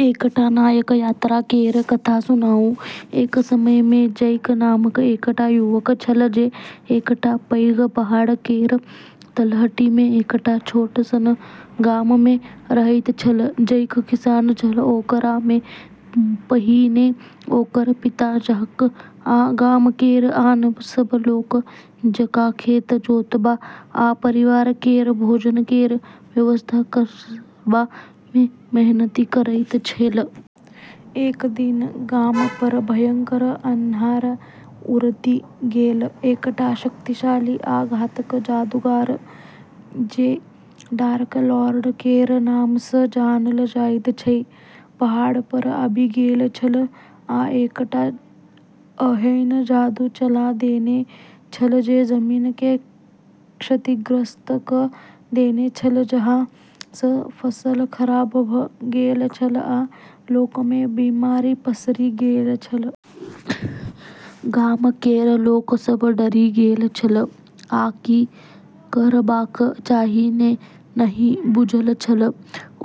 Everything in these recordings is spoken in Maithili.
एकटा नायक यात्रा केर कथा सुनाउ। एक समय मे जैक नामक एकटा युवक छल जे एकटा पैघ पहाड़ केर तलहटी मे एकटा छोट सन गाम मे रहैत छल। जैक किसान छल, ओकरा सँ पहिने ओकर पिता जकाँ, आ गाम केर आन सभ लोक जकाँ खेत जोतबा आ परिवार केर भोजन केर व्यवस्था करबा मे मेहनति करैत छल। एक दिन गाम पर भयंकर अन्हार उतरि गेल। एकटा शक्तिशाली आ घातक जादूगर, जे डार्क लॉर्ड केर नाम सँ जानल जाइत छल, पहाड़ पर आबि गेल छल आ एकटा एहन जादू चला देने छल जे जमीन केँ क्षतिग्रस्त कऽ देने छल, जाहि सँ फसल खराब भऽ गेल छल आ लोक मे बीमारी पसरि गेल छल। गाम केर लोक सभ डरि गेल छल आ की करबाक चाही से नहि बुझल छल।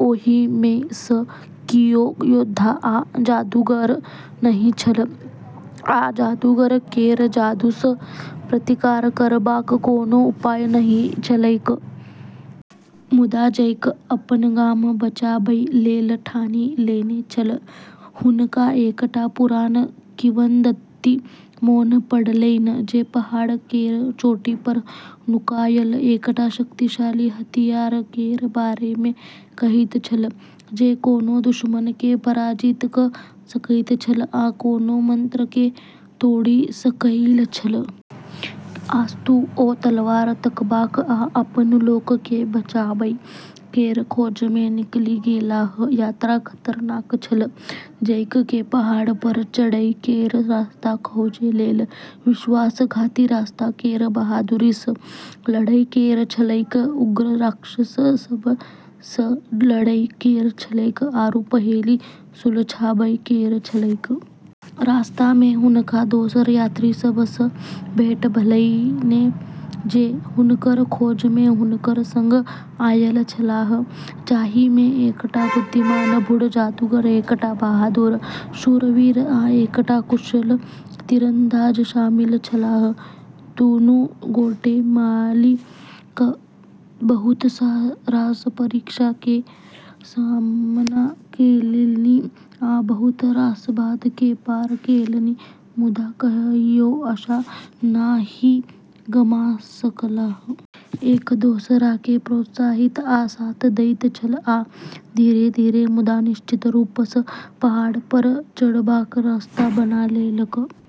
ओहि मे सँ कियो योद्धा आ जादूगर नहि छल, आ जादूगर केर जादू सँ प्रतिकार करबाक कोनो उपाय नहि छलैक। मुदा जैक अपन गाम बचाबै लेल ठानि लेने छल। हुनका एकटा पुरान किंवदंती मोन पड़लैन जे पहाड़ केर चोटी पर नुकायल एकटा शक्तिशाली हथियार केर बारे मे कहैत छल, जे कोनो दुश्मन केँ पराजित कऽ सकैत छल आ कोनो मंत्र केँ तोड़ि सकैत छल। अस्तु, ओ तलवार तकबाक आ अपन लोक केँ बचाबै केर खोज मे निकलि गेलाह। यात्रा खतरनाक छल। जैक केँ पहाड़ पर चढ़ै केर रास्ता खोजै लेल विश्वासघाती रास्ता केर बहादुरी सँ लड़ै केर छलैक, उग्र राक्षस सभ सँ लड़ै केर छलैक, आरू पहेली सुलझाबै केर छलैक। रास्ता मे हुनका दोसर यात्री सभ सँ भेंट भेलैन जे हुनकर खोज मे हुनकर सँग आयल छलाह, जाहि मे एकटा बुद्धिमान बूढ़ जादूगर, एकटा बहादुर शूरवीर आ एकटा कुशल तीरंदाज शामिल छलाह। दुनू गोटे मिलि कऽ बहुत रास परीक्षा केर सामना केलनि आ बहुत रास बाधा केँ पार केलनि, मुदा कहियो आशा नहि गमा सकलाह। एक दोसरा केँ प्रोत्साहित आ साथ दैत छल, आ धीरे-धीरे मुदा निश्चित रूप सँ पहाड़ पर चढ़बाक रास्ता बना लेलक।